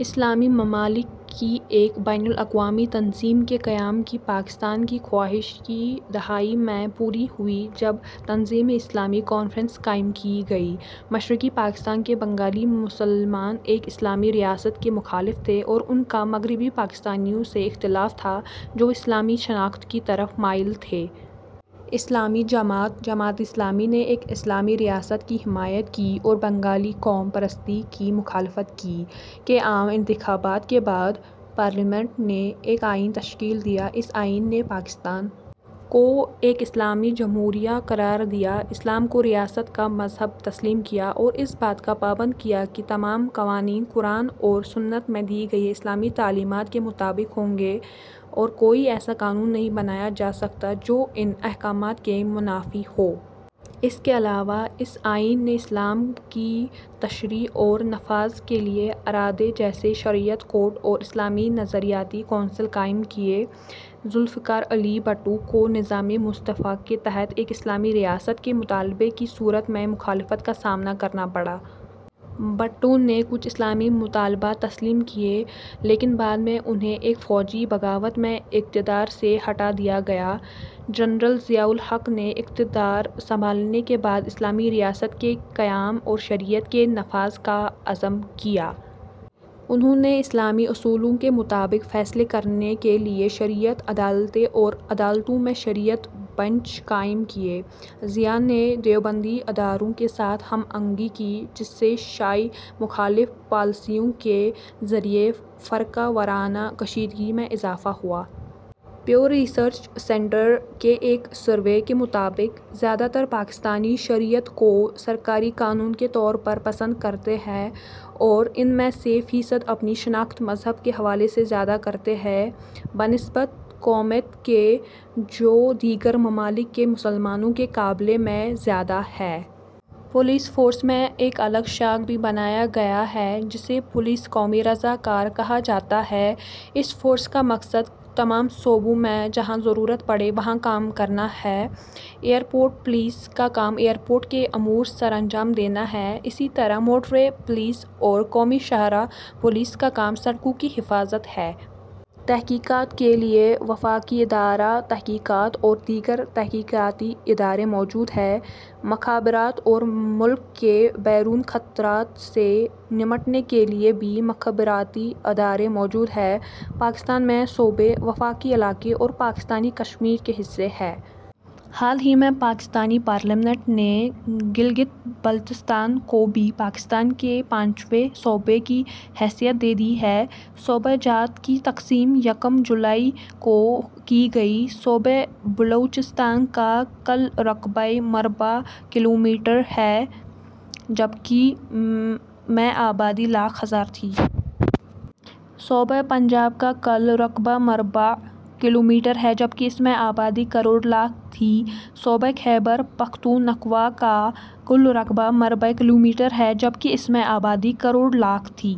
اسلامی ممالک کی ایک بین الاقوامی تنظیم کے قیام کی پاکستان کی خواہش کی دہائی میں پوری ہوئی جب تنظیمِ اسلامی کانفرنس قائم کی گئی۔ مشرقی پاکستان کے بنگالی مسلمان ایک اسلامی ریاست کے مخالف تھے اور ان کا مغربی پاکستانیوں سے اختلاف تھا جو اسلامی شناخت کی طرف مائل تھے۔ اسلامی جماعت، جماعتِ اسلامی نے ایک اسلامی ریاست کی حمایت کی اور بنگالی قوم پرستی کی مخالفت کی۔ کے عام انتخابات کے بعد، پارلیمنٹ نے کا آئین تشکیل دیا۔ اس آئین نے پاکستان کو ایک اسلامی جمہوریہ قرار دیا، اسلام کو ریاست کا مذہب تسلیم کیا اور اس بات کا پابند کیا کہ تمام قوانین قرآن اور سنت میں دی گئی اسلامی تعلیمات کے مطابق ہوں گے اور کوئی ایسا قانون نہیں بنایا جا سکتا جو ان احکامات کے منافی ہو۔ اس کے علاوہ، اس آئین نے اسلام کی تشریح اور نفاذ کے لیے ادارے جیسے شریعت کورٹ اور اسلامی نظریاتی کونسل قائم کیے۔ ذو الفقار علی بھٹو کو نظامِ مصطفیٰ کے تحت ایک اسلامی ریاست کے مطالبے کی صورت میں مخالفت کا سامنا کرنا پڑا۔ بھٹو نے کچھ اسلامی مطالبات تسلیم کیے، لیکن بعد میں انھیں ایک فوجی بغاوت میں اقتدار سے ہٹا دیا گیا۔ جنرل ضیاء الحق نے اقتدار سنبھالنے کے بعد اسلامی ریاست کے قیام اور شریعت کے نفاذ کا عزم کیا۔ انھوں نے اسلامی اصولوں کے مطابق فیصلے کرنے کے لیے شریعت عدالتیں اور عدالتوں میں شریعت بنچ قائم کیے۔ ضیاء نے دیوبندی اداروں کے ساتھ ہم آہنگی کی، جس سے شیعہ مخالف پالیسیوں کے ذریعے فرقہ وارانہ کشیدگی میں اضافہ ہوا۔ پیو ریسرچ سینٹر کے ایک سروے کے مطابق، زیادہ تر پاکستانی شریعت کو سرکاری قانون کے طور پر پسند کرتے ہیں اور ان میں سے فیصد اپنی شناخت مذہب کے حوالے سے زیادہ کرتے ہیں بنسبت قومیت کے، جو دیگر ممالک کے مسلمانوں کے مقابلے میں زیادہ ہے۔ پولیس فورس میں ایک الگ شاخ بھی بنایا گیا ہے جسے پولیس قومی رضا کار کہا جاتا ہے، اس فورس کا مقصد تمام صوبوں میں جہاں ضرورت پڑے وہاں کام کرنا ہے۔ ایئرپورٹ پولیس کا کام ایئرپورٹ کے امور سر انجام دینا ہے اسی طرح موٹروے پولیس اور قومی شاہراہ پولیس کا کام سڑکوں کی حفاظت ہے۔ تحقیقات کے لیے وفاقی ادارۂ تحقیقات اور دیگر تحقیقاتی ادارے موجود ہیں۔ مخابرات اور ملک کے بیرون خطرات سے نمٹنے کے لیے بھی مخابراتی ادارے موجود ہیں۔ پاکستان میں صوبے، وفاقی علاقے اور پاکستانی کشمیر کے حصے ہیں۔ حال ہی میں پاکستانی پارلیمنٹ نے گلگت بلتستان کو بھی پاکستان کے پانچویں صوبے کی حیثیت دے دی ہے۔ صوبہ جات کی تقسیم یکم جولائی ء کو کی گئی۔ صوبہ بلوچستان کا کل رقبہ مربع کلومیٹر ہے جبکہ ء میں آبادی لاکھ ہزار تھی۔ صوبہ پنجاب کا کل رقبہ مربع کلومیٹر ہے جبکہ ء میں آبادی کروڑ لاکھ تھی۔ صوبہ خیبر پختونخوا کا کل رقبہ مربع کلومیٹر ہے جبکہ ء میں آبادی کروڑ لاکھ تھی۔